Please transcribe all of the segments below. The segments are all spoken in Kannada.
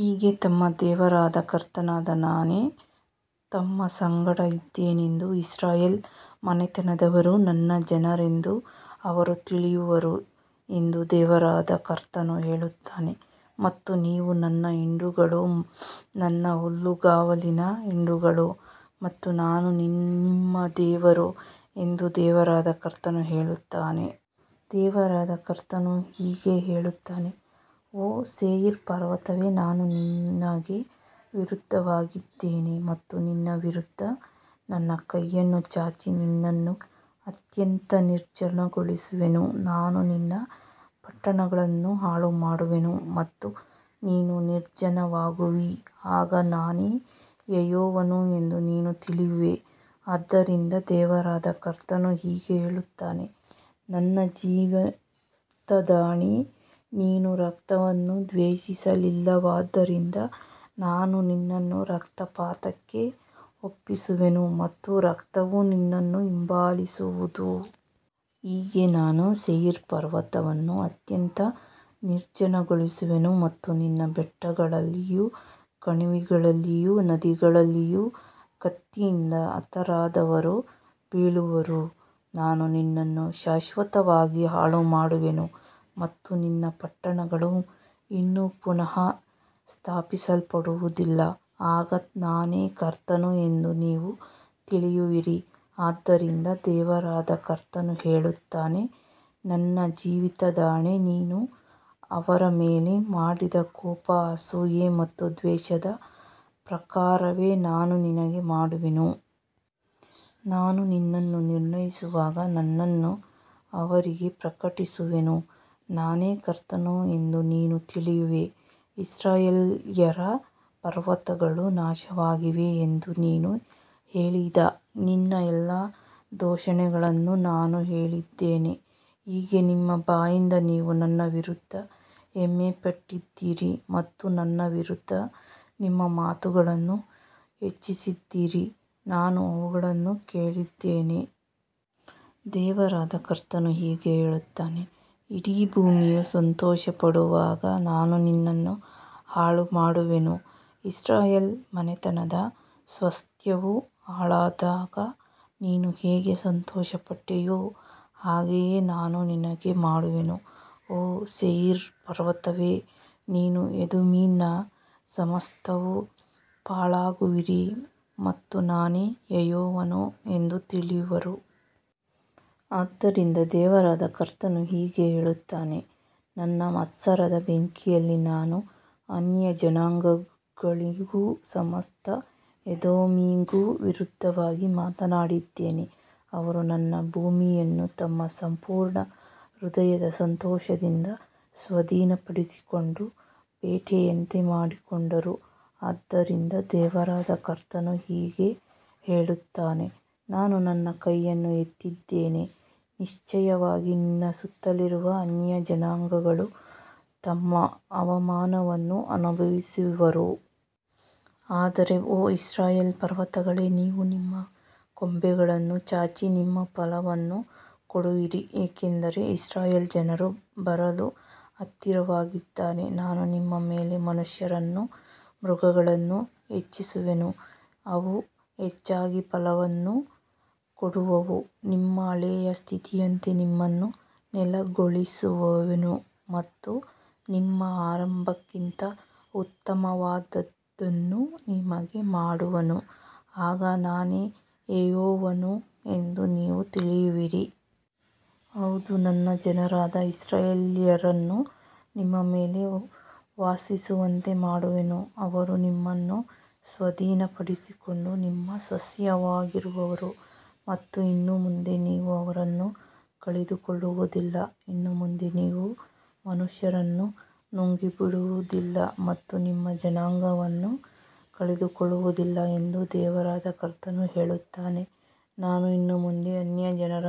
ಹೀಗೆ ತಮ್ಮ ದೇವರಾದ ಕರ್ತನಾದ ನಾನೇ ತಮ್ಮ ಸಂಗಡ ಇದ್ದೇನೆಂದೂ ಇಸ್ರಾಯೇಲ್ ಮನೆತನದವರೂ ನನ್ನ ಜನರೆಂದೂ ಅವರು ತಿಳಿಯುವರು ಎಂದು ದೇವರಾದ ಕರ್ತನು ಹೇಳುತ್ತಾನೆ. ಮತ್ತು ನೀವು ನನ್ನ ಹಿಂಡುಗಳು, ನನ್ನ ಹುಲ್ಲುಗಾವಲಿನ ಹಿಂಡುಗಳು ಮತ್ತು ನಾನು ನಿಮ್ಮ ದೇವರು ಎಂದು ದೇವರಾದ ಕರ್ತನು ಹೇಳುತ್ತಾನೆ. ದೇವರಾದ ಕರ್ತನು ಹೀಗೆ ಹೇಳುತ್ತಾನೆ, ಓ ಸೇಯಿರ್ ಪರ್ವತವೇ, ನಾನು ನಿನಗೆ ವಿರುದ್ಧವಾಗಿದ್ದೇನೆ ಮತ್ತು ನಿನ್ನ ವಿರುದ್ಧ ನನ್ನ ಕೈಯನ್ನು ಚಾಚಿ ನಿನ್ನನ್ನು ಅತ್ಯಂತ ನಿರ್ಜನಗೊಳಿಸುವೆನು. ನಾನು ನಿನ್ನ ಪಟ್ಟಣಗಳನ್ನು ಹಾಳುಮಾಡುವೆನು ಮತ್ತು ನೀನು ನಿರ್ಜನವಾಗುವಿ, ಆಗ ನಾನೇ ಯೆಹೋವನು ಎಂದು ನೀನು ತಿಳಿಯುವೆ. ಆದ್ದರಿಂದ ದೇವರಾದ ಕರ್ತನು ಹೀಗೆ ಹೇಳುತ್ತಾನೆ, ನನ್ನ ಜೀವಿತದಾಣೆ, ನೀನು ರಕ್ತವನ್ನು ದ್ವೇಷಿಸಲಿಲ್ಲವಾದ್ದರಿಂದ ನಾನು ನಿನ್ನನ್ನು ರಕ್ತಪಾತಕ್ಕೆ ಒಪ್ಪಿಸುವೆನು ಮತ್ತು ರಕ್ತವು ನಿನ್ನನ್ನು ಹಿಂಬಾಲಿಸುವುದು. ಹೀಗೆ ನಾನು ಸೇಯಿರ್ ಪರ್ವತವನ್ನು ಅತ್ಯಂತ ನಿರ್ಜನಗೊಳಿಸುವೆನು ಮತ್ತು ನಿನ್ನ ಬೆಟ್ಟಗಳಲ್ಲಿಯೂ ಕಣಿವೆಗಳಲ್ಲಿಯೂ ನದಿಗಳಲ್ಲಿಯೂ ಕತ್ತಿಯಿಂದ ಹತರಾದವರು ಬೀಳುವರು. ನಾನು ನಿನ್ನನ್ನು ಶಾಶ್ವತವಾಗಿ ಹಾಳುಮಾಡುವೆನು ಮತ್ತು ನಿನ್ನ ಪಟ್ಟಣಗಳು ಇನ್ನು ಪುನಃ ಸ್ಥಾಪಿಸಲ್ಪಡುವುದಿಲ್ಲ, ಆಗ ನಾನೇ ಕರ್ತನು ಎಂದು ನೀವು ತಿಳಿಯುವಿರಿ. ಆದ್ದರಿಂದ ದೇವರಾದ ಕರ್ತನು ಹೇಳುತ್ತಾನೆ, ನನ್ನ ಜೀವಿತದಾಣೆ, ನೀನು ಅವರ ಮೇಲೆ ಮಾಡಿದ ಕೋಪ, ಅಸೂಯೆ ಮತ್ತು ದ್ವೇಷದ ಪ್ರಕಾರವೇ ನಾನು ನಿನಗೆ ಮಾಡುವೆನು. ನಾನು ನಿನ್ನನ್ನು ನಿರ್ಣಯಿಸುವಾಗ ನನ್ನನ್ನು ಅವರಿಗೆ ಪ್ರಕಟಿಸುವೆನು. ನಾನೇ ಕರ್ತನು ಎಂದು ನೀನು ತಿಳಿಯುವೆ. ಇಸ್ರಾಯೇಲ್ಯರ ಪರ್ವತಗಳು ನಾಶವಾಗಿವೆ ಎಂದು ನೀನು ಹೇಳಿದ ನಿನ್ನ ಎಲ್ಲಾ ದೂಷಣೆಗಳನ್ನು ನಾನು ಕೇಳಿದ್ದೇನೆ. ಹೀಗೆ ನಿಮ್ಮ ಬಾಯಿಂದ ನೀವು ನನ್ನ ವಿರುದ್ಧ ಹೆಮ್ಮೆಪಟ್ಟಿದ್ದೀರಿ ಮತ್ತು ನನ್ನ ವಿರುದ್ಧ ನಿಮ್ಮ ಮಾತುಗಳನ್ನು ಹೆಚ್ಚಿಸಿದ್ದೀರಿ, ನಾನು ಅವುಗಳನ್ನು ಕೇಳಿದ್ದೇನೆ. ದೇವರಾದ ಕರ್ತನು ಹೀಗೆ ಹೇಳುತ್ತಾನೆ, ಇಡೀ ಭೂಮಿಯು ಸಂತೋಷಪಡುವಾಗ ನಾನು ನಿನ್ನನ್ನು ಹಾಳುಮಾಡುವೆನು. ಇಸ್ರಾಯೇಲ್ ಮನೆತನದ ಸ್ವಾಸ್ತ್ಯವು ಹಾಳಾದಾಗ ನೀನು ಹೇಗೆ ಸಂತೋಷಪಟ್ಟೆಯೋ ಹಾಗೆಯೇ ನಾನು ನಿನಗೆ ಮಾಡುವೆನು. ಓ ಸೇಯಿರ್ ಪರ್ವತವೇ, ನೀನೂ ಎದೋಮಿನ ಸಮಸ್ತವೂ ಪಾಳಾಗುವಿರಿ ಮತ್ತು ನಾನೇ ಯೆಹೋವನು ಎಂದು ತಿಳಿಯುವರು. ಆದ್ದರಿಂದ ದೇವರಾದ ಕರ್ತನು ಹೀಗೆ ಹೇಳುತ್ತಾನೆ, ನನ್ನ ಮತ್ಸರದ ಬೆಂಕಿಯಲ್ಲಿ ನಾನು ಅನ್ಯಜನಾಂಗಗಳಿಗೂ ಸಮಸ್ತ ಎದೋಮಿಗೂ ವಿರುದ್ಧವಾಗಿ ಮಾತನಾಡಿದ್ದೇನೆ. ಅವರು ನನ್ನ ಭೂಮಿಯನ್ನು ತಮ್ಮ ಸಂಪೂರ್ಣ ಹೃದಯದ ಸಂತೋಷದಿಂದ ಸ್ವಾಧೀನಪಡಿಸಿಕೊಂಡು ಬೇಟೆಯಂತೆ ಮಾಡಿಕೊಂಡರು. ಆದ್ದರಿಂದ ದೇವರಾದ ಕರ್ತನು ಹೀಗೆ ಹೇಳುತ್ತಾನೆ, ನಾನು ನನ್ನ ಕೈಯನ್ನು ಎತ್ತಿದ್ದೇನೆ, ನಿಶ್ಚಯವಾಗಿ ನಿನ್ನ ಸುತ್ತಲಿರುವ ಅನ್ಯಜನಾಂಗಗಳು ತಮ್ಮ ಅವಮಾನವನ್ನು ಅನುಭವಿಸುವರು. ಆದರೆ ಓ ಇಸ್ರಾಯೇಲ್ ಪರ್ವತಗಳೇ, ನೀವು ನಿಮ್ಮ ಕೊಂಬೆಗಳನ್ನು ಚಾಚಿ ನಿಮ್ಮ ಫಲವನ್ನು ಕೊಡುವಿರಿ, ಏಕೆಂದರೆ ಇಸ್ರಾಯೇಲ್ ಜನರು ಬರಲು ಹತ್ತಿರವಾಗಿದ್ದಾರೆ. ನಾನು ನಿಮ್ಮ ಮೇಲೆ ಮನುಷ್ಯರನ್ನೂ ಮೃಗಗಳನ್ನೂ ಹೆಚ್ಚಿಸುವೆನು, ಅವು ಹೆಚ್ಚಾಗಿ ಫಲವನ್ನು ಕೊಡುವವು. ನಿಮ್ಮ ಹಳೆಯ ಸ್ಥಿತಿಯಂತೆ ನಿಮ್ಮನ್ನು ನೆಲೆಗೊಳಿಸುವೆನು ಮತ್ತು ನಿಮ್ಮ ಆರಂಭಕ್ಕಿಂತ ಉತ್ತಮವಾದದ್ದನ್ನು ನಿಮಗೆ ಮಾಡುವೆನು, ಆಗ ನಾನೇ ಯೆಹೋವನು ಎಂದು ನೀವು ತಿಳಿಯುವಿರಿ. ಹೌದು, ನನ್ನ ಜನರಾದ ಇಸ್ರಾಯೇಲ್ಯರನ್ನು ನಿಮ್ಮ ಮೇಲೆ ವಾಸಿಸುವಂತೆ ಮಾಡುವೆನು. ಅವರು ನಿಮ್ಮನ್ನು ಸ್ವಾಧೀನಪಡಿಸಿಕೊಂಡು ನಿಮ್ಮ ಸ್ವಾಸ್ತ್ಯವಾಗಿರುವರು ಮತ್ತು ಇನ್ನು ಮುಂದೆ ನೀವು ಅವರನ್ನು ಕಳೆದುಕೊಳ್ಳುವುದಿಲ್ಲ. ಇನ್ನು ಮುಂದೆ ನೀವು ಮನುಷ್ಯರನ್ನು ನುಂಗಿಬಿಡುವುದಿಲ್ಲ ಮತ್ತು ನಿಮ್ಮ ಜನಾಂಗವನ್ನು ಕಳೆದುಕೊಳ್ಳುವುದಿಲ್ಲ ಎಂದು ದೇವರಾದ ಕರ್ತನು ಹೇಳುತ್ತಾನೆ. ನಾನು ಇನ್ನು ಮುಂದೆ ಅನ್ಯಜನರ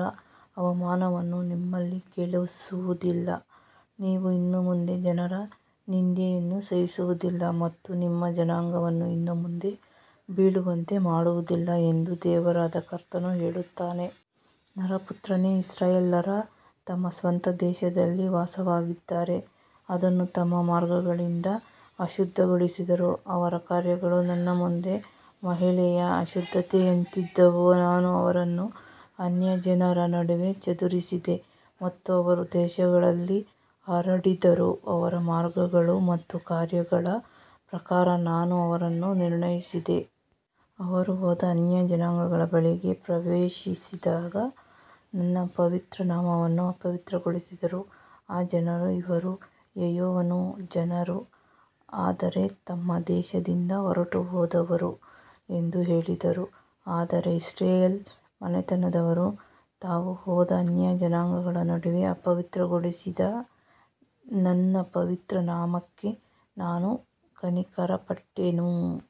ಅವಮಾನವನ್ನು ನಿಮ್ಮಲ್ಲಿ ಕೇಳಿಸುವುದಿಲ್ಲ, ನೀವು ಇನ್ನು ಮುಂದೆ ಜನರ ನಿಂದೆಯನ್ನು ಸಹಿಸುವುದಿಲ್ಲ ಮತ್ತು ನಿಮ್ಮ ಜನಾಂಗವನ್ನು ಇನ್ನು ಮುಂದೆ ಬೀಳುವಂತೆ ಮಾಡುವುದಿಲ್ಲ ಎಂದು ದೇವರಾದ ಕರ್ತನು ಹೇಳುತ್ತಾನೆ. ನರಪುತ್ರನೇ, ಇಸ್ರಾಯೇಲ್ಯರು ತಮ್ಮ ಸ್ವಂತ ದೇಶದಲ್ಲಿ ವಾಸವಾಗಿದ್ದಾಗ ಅದನ್ನು ತಮ್ಮ ಮಾರ್ಗಗಳಿಂದ ಅಶುದ್ಧಗೊಳಿಸಿದರು. ಅವರ ಕಾರ್ಯಗಳು ನನ್ನ ಮುಂದೆ ಮಹಿಳೆಯ ಅಶುದ್ಧತೆಯಂತಿದ್ದವು. ನಾನು ಅವರನ್ನು ಅನ್ಯಜನರ ನಡುವೆ ಚದುರಿಸಿದೆ ಮತ್ತು ಅವರು ದೇಶಗಳಲ್ಲಿ ಹರಡಿದರು. ಅವರ ಮಾರ್ಗಗಳು ಮತ್ತು ಕಾರ್ಯಗಳ ಪ್ರಕಾರ ನಾನು ಅವರನ್ನು ನಿರ್ಣಯಿಸಿದೆ. ಅವರು ಹೋದ ಅನ್ಯಜನಾಂಗಗಳ ಬಳಿಗೆ ಪ್ರವೇಶಿಸಿದಾಗ ನನ್ನ ಪವಿತ್ರ ನಾಮವನ್ನು ಅಪವಿತ್ರಗೊಳಿಸಿದರು. ಆ ಜನರು, ಇವರು ಯೆಹೋವನ ಜನರು, ಆದರೆ ತಮ್ಮ ದೇಶದಿಂದ ಹೊರಟುಹೋದವರು ಎಂದು ಹೇಳಿದರು. ಆದರೆ ಇಸ್ರಾಯೇಲ್ ಮನೆತನದವರು ತಾವು ಹೋದ ಅನ್ಯಜನಾಂಗಗಳ ನಡುವೆ ಅಪವಿತ್ರಗೊಳಿಸಿದ ನನ್ನ ಪವಿತ್ರ ನಾಮಕ್ಕಾಗಿ ನಾನು ಕನಿಕರಪಟ್ಟೆನು.